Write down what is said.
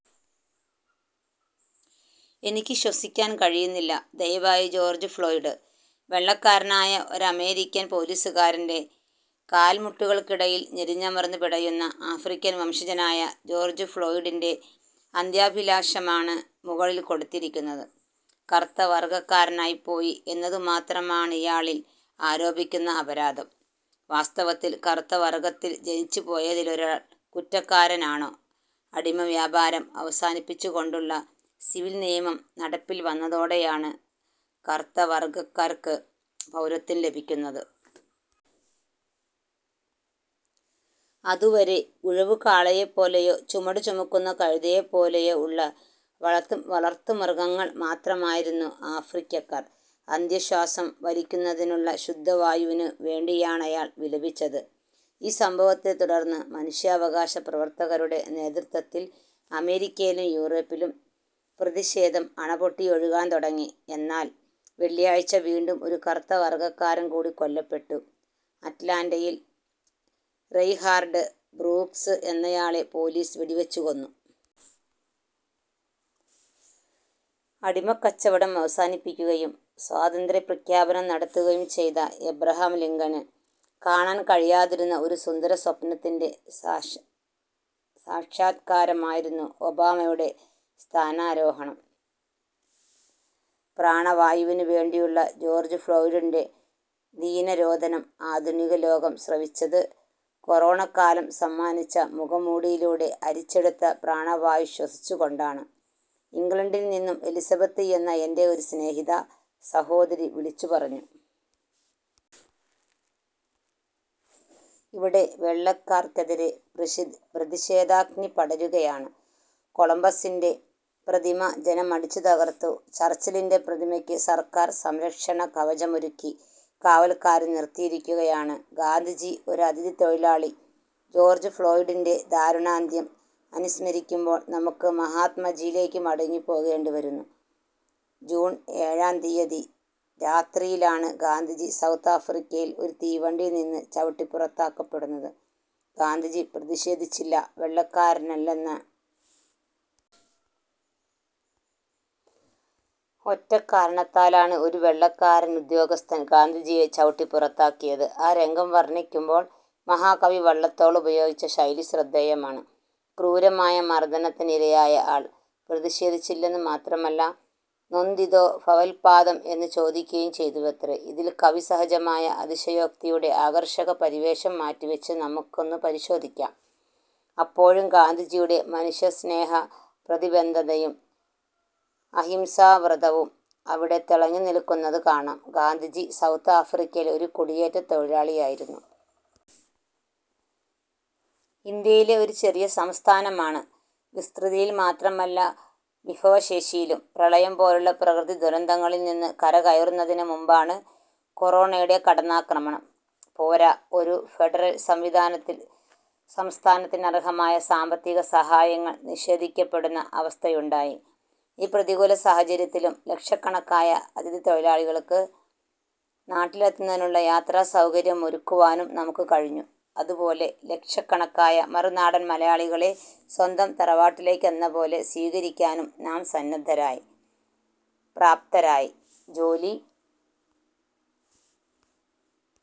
എനിക്ക് ശ്വസിക്കാൻ കഴിയുന്നില്ല. ദയവായി. George Floyd. വെള്ളക്കാരനായ ഒരമേരിക്കൻ പോലീസുകാരൻ്റെ കാൽമുട്ടുകൾക്കിടയിൽ ഞെരിഞ്ഞമർന്ന് പിടയുന്ന ആഫ്രിക്കൻ വംശജനായ ജോർജ് ഫ്ലോയ്ഡിൻ്റെ അന്ത്യാഭിലാഷമാണ് മുകളിൽ കൊടുത്തിരിക്കുന്നത്. കറുത്ത വർഗക്കാരനായിപ്പോയി എന്നതുമാത്രമാണിയാളിൽ ആരോപിക്കുന്ന അപരാധം. വാസ്തവത്തിൽ, കറുത്ത വർഗത്തിൽ ജനിച്ചുപോയതിലൊരാൾ കുറ്റക്കാരനാണോ? അടിമവ്യാപാരം അവസാനിപ്പിച്ചുകൊണ്ടുള്ള സിവിൽ നിയമം നടപ്പിൽ വന്നതോടെയാണ് കറുത്ത വർഗക്കാർക്ക് പൗരത്വം ലഭിക്കുന്നത്. അതുവരെ ഉഴവുകാളയെപ്പോലെയോ ചുമടുചുമക്കുന്ന കഴുതയെപ്പോലെയോ ഉള്ളവളർത്തു വളർത്തുമൃഗങ്ങൾ മാത്രമായിരുന്നു ആഫ്രിക്കക്കാർ. അന്ത്യശ്വാസം വലിക്കുന്നതിനുള്ള ശുദ്ധവായുവിന് വേണ്ടിയാണയാൾ വിലപിച്ചത്.ഈ സംഭവത്തെ തുടർന്ന് മനുഷ്യാവകാശ പ്രവർത്തകരുടെ നേതൃത്വത്തിൽ അമേരിക്കയിലും യൂറോപ്പിലും പ്രതിഷേധം അണപൊട്ടിയൊഴുകാൻ തുടങ്ങി. എന്നാൽ വെള്ളിയാഴ്ച വീണ്ടും ഒരു കറുത്ത വർഗക്കാരൻ കൂടി കൊല്ലപ്പെട്ടു. അറ്റ്ലാന്റയിൽ റേയ്ഹാർഡ് ബ്രൂക്ക്സ് എന്നയാളെ പോലീസ് വെടിവെച്ചുകൊന്നു. അടിമക്കച്ചവടം അവസാനിപ്പിക്കുകയും സ്വാതന്ത്ര്യപ്രഖ്യാപനം നടത്തുകയും ചെയ്ത എബ്രഹാം ലിങ്കണിന് കാണാൻ കഴിയാതിരുന്ന ഒരു സുന്ദര സ്വപ്നത്തിൻ്റെ സാക്ഷാ സാക്ഷാത്കാരമായിരുന്നു ഒബാമയുടെ സ്ഥാനാരോഹണം. പ്രാണവായുവിന് വേണ്ടിയുള്ള ജോർജ് ഫ്ലോയ്ഡിൻ്റെ ദീനരോദനം ആധുനികലോകം ശ്രവിച്ചത് കൊറോണക്കാലം സമ്മാനിച്ച മുഖംമൂടിയിലൂടെ അരിച്ചെടുത്ത പ്രാണവായു ശ്വസിച്ചുകൊണ്ടാണ്. ഇംഗ്ലണ്ടിൽ നിന്നും എലിസബത്ത് എന്ന എൻ്റെ ഒരു സ്നേഹിത, സഹോദരി വിളിച്ചുപറഞ്ഞു. ഇവിടെ വെള്ളക്കാർക്കെതിരെ പ്രതിഷേ പ്രതിഷേധാഗ്നി പടരുകയാണ്. കൊളംബസിൻ്റെ പ്രതിമ ജനമടിച്ചുതകർത്തു. ചർച്ചിലിൻ്റെ പ്രതിമക്ക് സർക്കാർ സംരക്ഷണകവചമൊരുക്കി കാവൽക്കാരെ നിർത്തിയിരിക്കുകയാണ്. ഗാന്ധിജി ഒരതിഥിത്തൊഴിലാളി? ജോർജ് ഫ്ലോയ്ഡിൻ്റെ ദാരുണാന്ത്യം അനുസ്മരിക്കുമ്പോൾ നമുക്ക് മഹാത്മജിയിലേക്ക് മടങ്ങിപ്പോകേണ്ടിവരുന്നു. ജൂൺ ഏഴാം തീയതി രാത്രിയിലാണ് ഗാന്ധിജി സൗത്ത് ആഫ്രിക്കയിൽ ഒരു തീവണ്ടിയിൽ നിന്ന് ചവിട്ടിപ്പുറത്താക്കപ്പെടുന്നത്. ഗാന്ധിജി പ്രതിഷേധിച്ചില്ല. വെള്ളക്കാരനല്ലെന്ന ഒറ്റക്കാരണത്താലാണ് ഒരു വെള്ളക്കാരനുദ്യോഗസ്ഥൻ ഗാന്ധിജിയെ ചവിട്ടിപ്പുറത്താക്കിയത്.ആ രംഗം വർണിക്കുമ്പോൾ മഹാകവി വള്ളത്തോളുപയോഗിച്ച ശൈലി ശ്രദ്ധേയമാണ്. ക്രൂരമായ മർദനത്തിനിരയായ ആൾ പ്രതിഷേധിച്ചില്ലെന്നുമാത്രമല്ല, നൊന്തിതോ ഭവൽപ്പാദം എന്ന് ചോദിക്കുകയും ചെയ്തുവത്രെ. ഇതിൽ കവിസഹജമായ അതിശയോക്തിയുടെ ആകർഷകപരിവേഷം മാറ്റിവെച്ച് നമുക്കൊന്ന് പരിശോധിക്കാം. അപ്പോഴും ഗാന്ധിജിയുടെ മനുഷ്യസ്നേഹപ്രതിബദ്ധതയും അഹിംസാവ്രതവും അവിടെത്തിളങ്ങിനിൽക്കുന്നത് കാണാം. ഗാന്ധിജി സൗത്ത് ആഫ്രിക്കയിൽ ഒരു കുടിയേറ്റത്തൊഴിലാളിയായിരുന്നു. ഇന്ത്യയിലെ ഒരു ചെറിയ സംസ്ഥാനമാണ്. വിസ്തൃതിയിൽ മാത്രമല്ല, വിഭവശേഷിയിലും. പ്രളയം പോലുള്ള പ്രകൃതിദുരന്തങ്ങളിൽ നിന്ന് കരകയറുന്നതിന് മുമ്പാണ് കൊറോണയുടെ കടന്നാക്രമണം. പോരാ, ഒരു ഫെഡറൽ സംവിധാനത്തിൽ സംസ്ഥാനത്തിനർഹമായ സാമ്പത്തിക സഹായങ്ങൾ നിഷേധിക്കപ്പെടുന്ന അവസ്ഥയുണ്ടായി.ഈ പ്രതികൂല സാഹചര്യത്തിലും ലക്ഷക്കണക്കായ അതിഥിത്തൊഴിലാളികൾക്ക് നാട്ടിലെത്തുന്നതിനുള്ള യാത്രാസൗകര്യമൊരുക്കുവാനും നമുക്ക് കഴിഞ്ഞു. അതുപോലെ ലക്ഷക്കണക്കായ മറുനാടൻ മലയാളികളെ സ്വന്തം തറവാട്ടിലേക്കെന്നപോലെ സ്വീകരിക്കുവാനും നാം സന്നദ്ധരായി, പ്രാപ്തരായി. ജോലി